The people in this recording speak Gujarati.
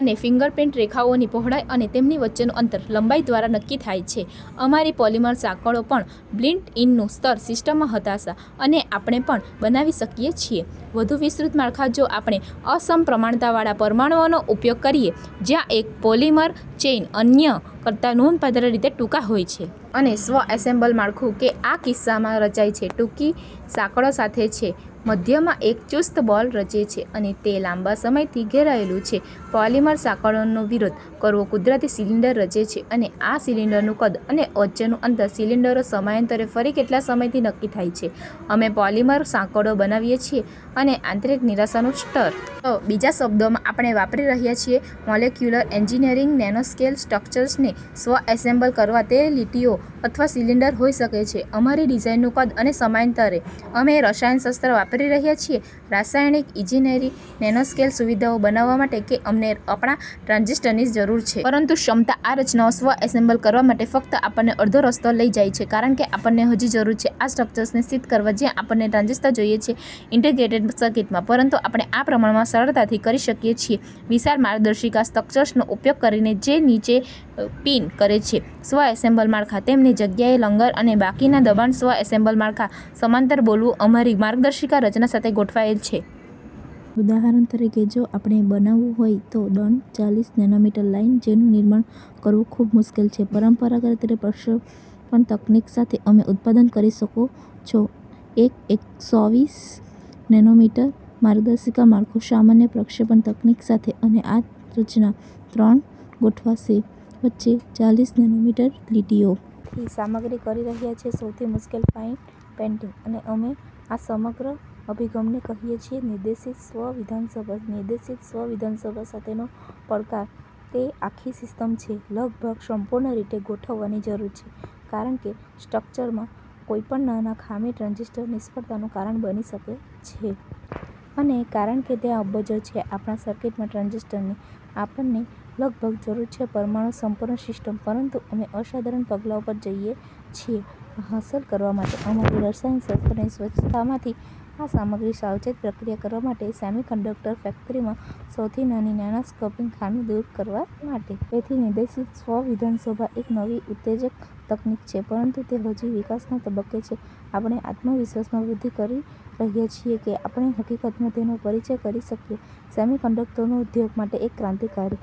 અને ફિંગરપ્રિન્ટ રેખાઓની પહોળાઈ અને તેમની વચ્ચેનું અંતર લંબાઈ દ્વારા નક્કી થાય છે અમારી પોલિમર સાંકળો પણ બિલ્ટ-ઇનનું સ્તર સિસ્ટમમાં હતાશા. અને આપણે પણ બનાવી શકીએ છીએ વધુ વિસ્તૃત માળખાં જો આપણે અસમપ્રમાણતાવાળા પરમાણુઓનો ઉપયોગ કરીએ, જ્યાં એક પોલિમર ચેઇન અન્ય કરતા નોંધપાત્ર રીતે ટૂંકા હોય છે. અને સ્વ-એસેમ્બલ માળખું કે આ કિસ્સામાં રચાય છે ટૂંકી સાંકળો સાથે છે મધ્યમાં એક ચુસ્ત બોલ રચે છે, અને તે લાંબા સમયથી ઘેરાયેલું છે, પોલિમર સાંકળોનો વિરોધ કરવો, કુદરતી સિલિન્ડર રચે છે. અને આ સિલિન્ડરનું કદ અને વચ્ચેનું અંતર સિલિન્ડરો, સમયાંતરે, ફરી કેટલા સમયથી નક્કી થાય છે અમે પોલિમર સાંકળો બનાવીએ છીએ અને આંતરિક નિરાશાનું સ્તર. તો બીજા શબ્દોમાં, આપણે વાપરી રહ્યા છીએ મોલેક્યુલર એન્જિનિયરિંગ નેનોસ્કેલ સ્ટ્રક્ચર્સને સ્વ-એસેમ્બલ કરવા તે લીટીઓ અથવા સિલિન્ડર હોઈ શકે છે અમારી ડિઝાઇનનું કદ અને સમયાંતરે. અમે રસાયણશાસ્ત્ર વાપરી રહ્યા છીએ, રાસાયણિક ઇજનેરી, નેનોસ્કેલ સુવિધાઓ બનાવવા માટે કે અમને આપણા ટ્રાંઝિસ્ટરની જરૂર છે. પરંતુ ક્ષમતા આ રચનાઓ સ્વ-એસેમ્બલ કરવા માટે ફક્ત આપણને અડધો રસ્તો લઈ જાય છે, કારણ કે આપણને હજી જરૂર છે આ સ્ટ્રક્ચર્સને સ્થિત કરવા જ્યાં આપણને ટ્રાંઝિસ્ટર જોઈએ છે ઇન્ટિગ્રેટેડ સર્કિટમાં. પરંતુ આપણે આ પ્રમાણમાં સરળતાથી કરી શકીએ છીએ વિશાળ માર્ગદર્શિકા સ્ટ્રક્ચર્સનો ઉપયોગ કરીને જે નીચે પિન કરે છે સ્વ-એસેમ્બલ માળખાં, તેમને જગ્યાએ લંગર અને બાકીના દબાણ સ્વ-એસેમ્બલ માળખાં સમાંતર બોલવું, અમારી માર્ગદર્શિકા રચના સાથે ગોઠવાયેલ છે. ઉદાહરણ તરીકે, જો આપણે બનાવવું હોય તો દંડ, ચાલીસ નેનોમીટર લાઇન, જેનું નિર્માણ કરવું ખૂબ મુશ્કેલ છે પરંપરાગત પ્રક્ષેપણ તકનીક સાથે, અમે ઉત્પાદન કરી શકો છો એક એકસોવીસ નેનોમીટર માર્ગદર્શિકા માળખું સામાન્ય પ્રક્ષેપણ તકનીક સાથે, અને આ રચના ત્રણ ગોઠવશે વચ્ચે ચાલીસ નેનોમીટર લીટીઓ. તેથી સામગ્રી કરી રહ્યા છે સૌથી મુશ્કેલ ફાઇન પેટર્નિંગ. અને અમે આ સમગ્ર અભિગમને કહીએ છીએ "નિર્દેશિત સ્વ-વિધાનસભા. " નિર્દેશિત સ્વ-વિધાનસભા સાથેનો પડકાર તે આખી સિસ્ટમ છે લગભગ સંપૂર્ણ રીતે ગોઠવવાની જરૂર છે, કારણ કે સ્ટ્રક્ચરમાં કોઈપણ નાના ખામી ટ્રાંઝિસ્ટર નિષ્ફળતાનું કારણ બની શકે છે. અને કારણ કે ત્યાં અબજો છે આપણા સર્કિટમાં ટ્રાંઝિસ્ટરની, આપણને લગભગ જરૂર છે પરમાણુ સંપૂર્ણ સિસ્ટમ. પરંતુ અમે અસાધારણ પગલાઓ પર જઈએ છીએ આ હાંસલ કરવા માટે, અમારી રસાયણશાસ્ત્રની સ્વચ્છતામાંથી આ સામગ્રી સાવચેત પ્રક્રિયા કરવા માટે સેમિકન્ડક્ટર ફેક્ટરીમાં સૌથી નાની નેનોસ્કોપિક ખામી દૂર કરવા માટે. તેથી નિર્દેશિત સ્વ-વિધાનસભા એક નવી ઉત્તેજક તકનીક છે, પરંતુ તે હજી વિકાસના તબક્કે છે. આપણે આત્મવિશ્વાસમાં વૃદ્ધિ કરી રહ્યા છીએ કે આપણે, હકીકતમાં, તેનો પરિચય કરી શકીએ સેમિકન્ડક્ટર ઉદ્યોગ માટે એક ક્રાંતિકારી